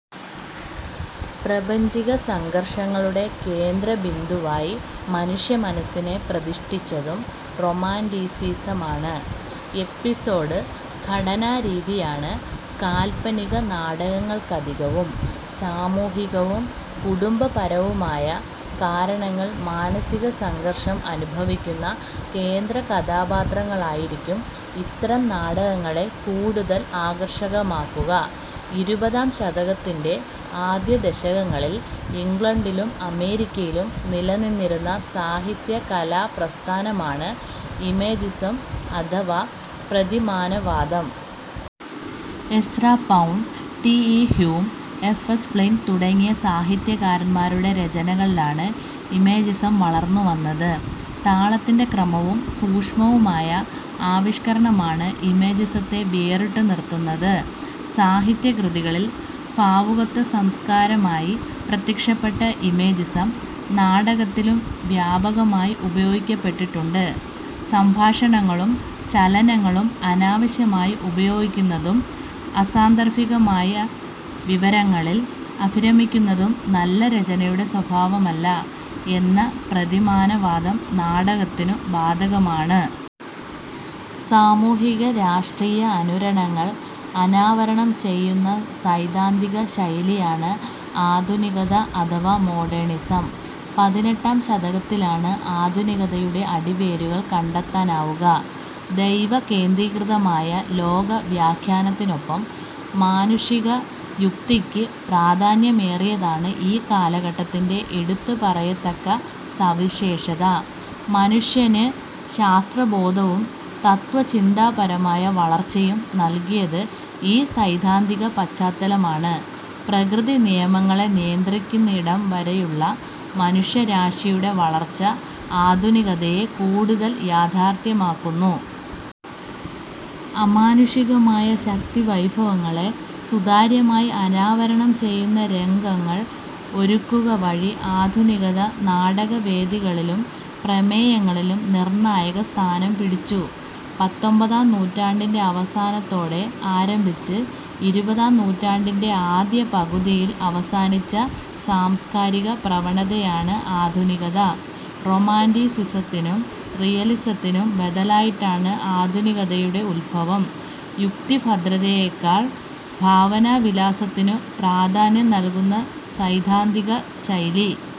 പ്രാപഞ്ചിക സംഘർഷങ്ങളുടെ കേന്ദ്രബിന്ദുവായി മനുഷ്യമനസ്സിനെ പ്രതിഷ്ഠിച്ചതും റൊമാന്റിസിസമാണ്. 'Episode' ഘടനാരീതിയാണ് കാല്പനിക നാടകങ്ങൾക്കധികവും. സാമൂഹികവും കുടുംബപരവുമായ കാരണങ്ങൾ മാനസിക സംഘർഷം അനുഭവിക്കുന്ന കേന്ദ്രകഥാപാത്രങ്ങളായിരിക്കും ഇത്തരം നാടകങ്ങളെ കൂടുതൽ ആകർഷകമാക്കുക. ഇരുപതാം ശതകത്തിന്റെ ആദ്യദശകങ്ങളിൽ ഇംഗ്ലണ്ടിലും അമേരിക്കയിലും നിലനിന്നിരുന്ന സാഹിത്യ കലാ പ്രസ്ഥാനമാണ് ഇമേജിസം അഥവാ 'പ്രതിമാനവാദം'. Ezra Pound, T. E. Hulme, F. S. Flint തുടങ്ങിയ സാഹിത്യകാരന്മാരുടെ രചനകളിലാണ് 'ഇമേജിസം' വളർന്നുവന്നത്. താളത്തിന്റെ ക്രമവും സൂക്ഷ്മവുമായ ആവിഷ്കാരമാണ് ഇമേജിസത്തെ വേറിട്ടു നിർത്തുന്നത്. സാഹിത്യ കൃതികളിൽ ഭാവുകത്വസംസ്കാരമായി പ്രത്യക്ഷപ്പെട്ട ഇമേജിസം, നാടകത്തിലും വ്യാപകമായി ഉപയോഗിക്കപ്പെട്ടിട്ടുണ്ട്. സംഭാഷണങ്ങളും ചലനങ്ങളും അനാവശ്യമായി ഉപയോഗിക്കുന്നതും അസാന്ദർഭികമായ വിവരങ്ങളിൽ അഭിരമിക്കുന്നതും നല്ല രചനയുടെ സ്വഭാവമല്ല എന്ന പ്രതിമാനവാദം നാടകത്തിനും ബാധകമാണ്. സാമൂഹിക-രാഷ്ട്രീയ അനുരണനങ്ങൾ അനാവരണം ചെയ്യുന്ന സൈദ്ധാന്തിക ശൈലിയാണ് ആധുനികത അഥവാ മോഡേണിസം. പതിനെട്ടാം ശതകത്തിലാണ് ആധുനികതയുടെ അടിവേരുകൾ കണ്ടെത്താനാവുക. ദൈവകേന്ദ്രീകൃതമായ ലോക വ്യാഖ്യാനത്തിനപ്പുറം മാനുഷിക യുക്തിക്ക് പ്രാധാന്യമേറിയതാണ് ഈ കാലഘട്ടത്തിന്റെ എടുത്തുപറയത്തക്ക സവിശേഷത. മനുഷ്യന് ശാസ്ത്രബോധവും തത്ത്വചിന്താപരമായ വളർച്ചയും നല്കിയത് ഈ സൈദ്ധാന്തിക പശ്ചാത്തലമാണ്. പ്രകൃതി നിയമങ്ങളെ നിയന്ത്രിക്കുന്നിടംവരെയുള്ള മനുഷ്യരാശിയുടെ വളർച്ച ആധുനികതയെ കൂടുതൽ യാഥാർഥ്യമാക്കുന്നു. അമാനുഷികമായ ശക്തിവൈഭവങ്ങളെ സുതാര്യമായി അനാവരണം ചെയ്യുന്ന രംഗങ്ങൾ ഒരുക്കുകവഴി ആധുനികത നാടകവേദികളിലും പ്രമേയങ്ങളിലും നിർണായക സ്ഥാനം പിടിച്ചു. പത്തൊൻപതാം നൂറ്റാണ്ടിന്റെ അവസാനത്തോടെ ആരംഭിച്ച് ഇരുപതാം നൂറ്റാണ്ടിന്റെ ആദ്യപകുതിയിൽ അവസാനിച്ച സാംസ്കാരിക പ്രവണതയാണ് ആധുനികത. റൊമാന്റിസിസത്തിനും റിയലിസത്തിനും ബദലായിട്ടാണ് ആധുനികതയുടെ ഉദ്ഭവം. യുക്തിഭദ്രതയെക്കാൾ ഭാവനാവിലാസത്തിനു പ്രാധാന്യം നൽകുന്ന സൈദ്ധാന്തിക ശൈലി.